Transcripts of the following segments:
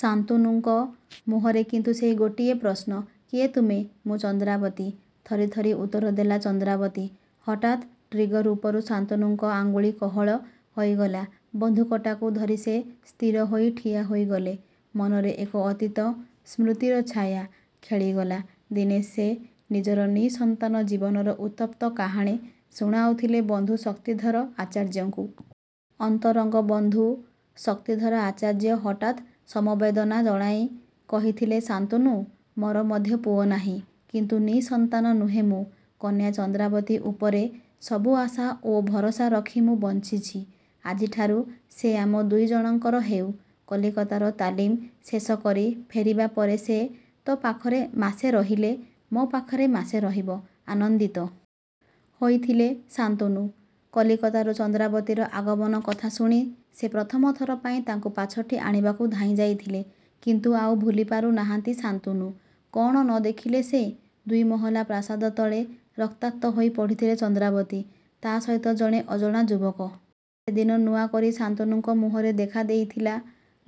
ଶାନ୍ତନୁଙ୍କ ମୁହଁରେ କିନ୍ତୁ ସେହି ଗୋଟିଏ ପ୍ରଶ୍ନ “କିଏ ତୁମେ?”“ମୁଁ ଚନ୍ଦ୍ରାବତୀ।”ଥରି ଥରି ଉତ୍ତର ଦେଲା ଚନ୍ଦ୍ରାବତୀ। ହଠାତ୍ ଟ୍ରିଗର ଉପରୁ ଶାନ୍ତନୁଙ୍କ ଆଙ୍ଗୁଳି କୋହଳ ହୋଇଗଲା। ବନ୍ଧୁକଟାକୁ ଧରି ସେ ସ୍ଥିର ହୋଇ ଠିଆ ହୋଇଗଲେ। ମନରେ ଏକ ଅତୀତ ସ୍ମୃତିର ଛାୟା ଖେଳିଗଲା। ଦିନେ ସେ ନିଜର ନିଃସନ୍ତାନ ଜୀବନର ଉତ୍ତପ୍ତ କାହାଣୀ ଶୁଣାଉଥିଲେ ବନ୍ଧୁ ଶକ୍ତିଧର ଆଚାର୍ଯ୍ୟଙ୍କୁ। ଅନ୍ତରଙ୍ଗ ବନ୍ଧୁ ଶକ୍ତିଧର ଆଚାର୍ଯ୍ୟ ହଠାତ୍ ସମବେଦନା ଜଣାଇ କହିଥିଲେ“ଶାନ୍ତନୁ! ମୋର ମଧ୍ୟ ପୁଅ ନାହିଁ। କିନ୍ତୁ ନିଃସନ୍ତାନ ନୁହେଁ ମୁଁ। କନ୍ୟା ଚନ୍ଦ୍ରାବତୀ ଉପରେ ସବୁ ଆଶା ଓ ଭରସା ରଖି ମୁଁ ବଞ୍ଚିଛି। ଆଜିଠାରୁ ସେ ଆମ ଦୁଇଜଣଙ୍କର ହେଉ। କଲିକତାର ତାଲିମ ଶେଷ କରି ଫେରିବା ପରେ ସେ ତୋ ପାଖରେ ମାସେ ରହିଲେ, ମୋ ପାଖରେ ମାସେ ରହିବ।”ଆନନ୍ଦିତ ହୋଇଥିଲେ ଶାନ୍ତନୁ। କଲିକତାରୁ ଚନ୍ଦ୍ରାବତୀର ଆଗମନ କଥା ଶୁଣି ସେ ପ୍ରଥମଥର ପାଇଁ ତାଙ୍କୁ ପାଛୋଟି ଆଣିବାକୁ ଧାଇଁ ଯାଇଥିଲେ। କିନ୍ତୁ ଆଉ ଭୁଲିପାରୁ ନାହାଁନ୍ତି ଶାନ୍ତନୁ। କ'ଣ ନ ଦେଖିଥିଲେ ସେ! ଦ୍ୱିମହଲା ପ୍ରାସାଦ ତଳେ ରକ୍ତାକ୍ତ ହୋଇ ପଡ଼ିଥିଲା ଚନ୍ଦ୍ରାବତୀ। ତା' ସହିତ ଜଣେ ଅଜଣା ଯୁବକ। ସେଦିନ ନୂଆ କରି ଶାନ୍ତନୁଙ୍କ ମୁହଁରେ ଦେଖା ଦେଇଥିଲା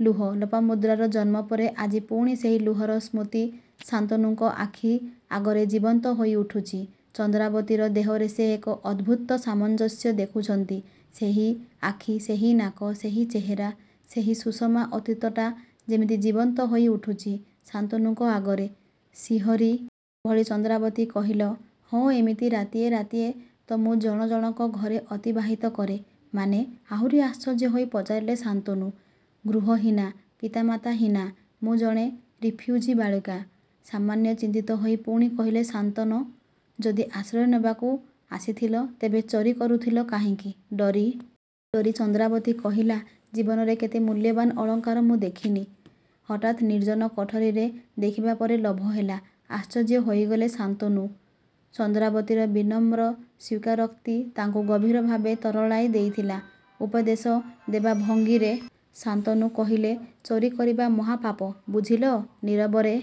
ଲୁହ। ଲୋପାମୁଦ୍ରାର ଜନ୍ମ ପରେ ଆଜି ପୁଣି ସେହି ଲୁହର ସ୍ମୃତି ଶାନ୍ତନୁଙ୍କ ଆଖି ଆଗରେ ଜୀବନ୍ତ ହୋଇ ଉଠୁଛି। ଚନ୍ଦ୍ରାବତୀର ଦେହରେ ସେ ଏକ ଅଦ୍ଭୁତ ସାମଞ୍ଜସ୍ୟ ଦେଖୁଛନ୍ତି। ସେହି ଆଖି, ସେହି ନାକ, ସେହି ଚେହେରା, ସେହି ସୁଷମା ଅତୀତଟା ଯେମିତି ଜୀବନ୍ତ ହୋଇ ଉଠୁଛି ଶାନ୍ତନୁଙ୍କ ଆଗରେ। ଶିହରି ଭଳି ଚନ୍ଦ୍ରାବତୀ କହିଲ “ହଁଏମିତି ରାତିଏ ରାତିଏ ତ ମୁଁ ଜଣ ଜଣକ ଘରେ ଅତିବାହିତ କରେ।”“ମାନେ?”ଆହୁରି ଆଶ୍ଚର୍ଯ୍ୟ ହୋଇ ପଚାରିଲେ ଶାନ୍ତନୁ।“ଗୃହହୀନା, ପିତାମାତାହୀନା ମୁଁ ଜଣେ ରିଫ୍ୟୁଜି ବାଳିକା।”ସାମାନ୍ୟ ଚିନ୍ତିତ ହୋଇ ପୁଣି କହିଲେ ଶାନ୍ତନ “ଯଦି ଆଶ୍ରୟ ନେବାକୁ ଆସିଥିଲ, ତେବେ ଚୋରି କରୁଥିଲ କାହିଁକି?”ଡରି ଡରି ଚନ୍ଦ୍ରାବତୀ କହିଲା“ଜୀବନରେ କେତେ ମୂଲ୍ୟବାନ ଅଳଙ୍କାର ମୁଁ ଦେଖିନି। ହଠାତ୍ ନିର୍ଜନ କୋଠରୀରେ ଦେଖିବା ପରେ ଲୋଭ ହେଲା।”ଆଶ୍ଚର୍ଯ୍ୟ ହୋଇଗଲେ ଶାନ୍ତନୁ। ଚନ୍ଦ୍ରାବତୀର ବିନମ୍ର ସ୍ୱୀକାରୋକ୍ତି ତାଙ୍କୁ ଗଭୀର ଭାବେ ତରଳାଇ ଦେଇଥିଲା। ଉପଦେଶ ଦେବା ଭଙ୍ଗୀରେ ଶାନ୍ତନୁ କହିଲେ ଚୋରି କରିବା ମହାପାପ, ବୁଝିଲ? ନୀରବରେ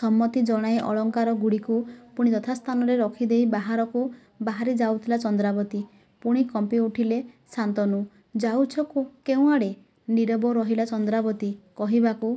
ସମ୍ମତି ଜଣାଇ ଅଳଙ୍କାରଗୁଡ଼ିକୁ ପୁଣି ଯଥାସ୍ଥାନରେ ରଖିଦେଇ ବାହାରକୁ ବାହାରି ଯାଉଥିଲା ଚନ୍ଦ୍ରାବତୀ। ପୁଣି କମ୍ପିଉଠିଲେ ଶାନ୍ତନୁ।“ଯାଉଛ କେଉଁଆଡ଼େ?”ନୀରବ ରହିଲା ଚନ୍ଦ୍ରାବତୀ। କହିବାକୁ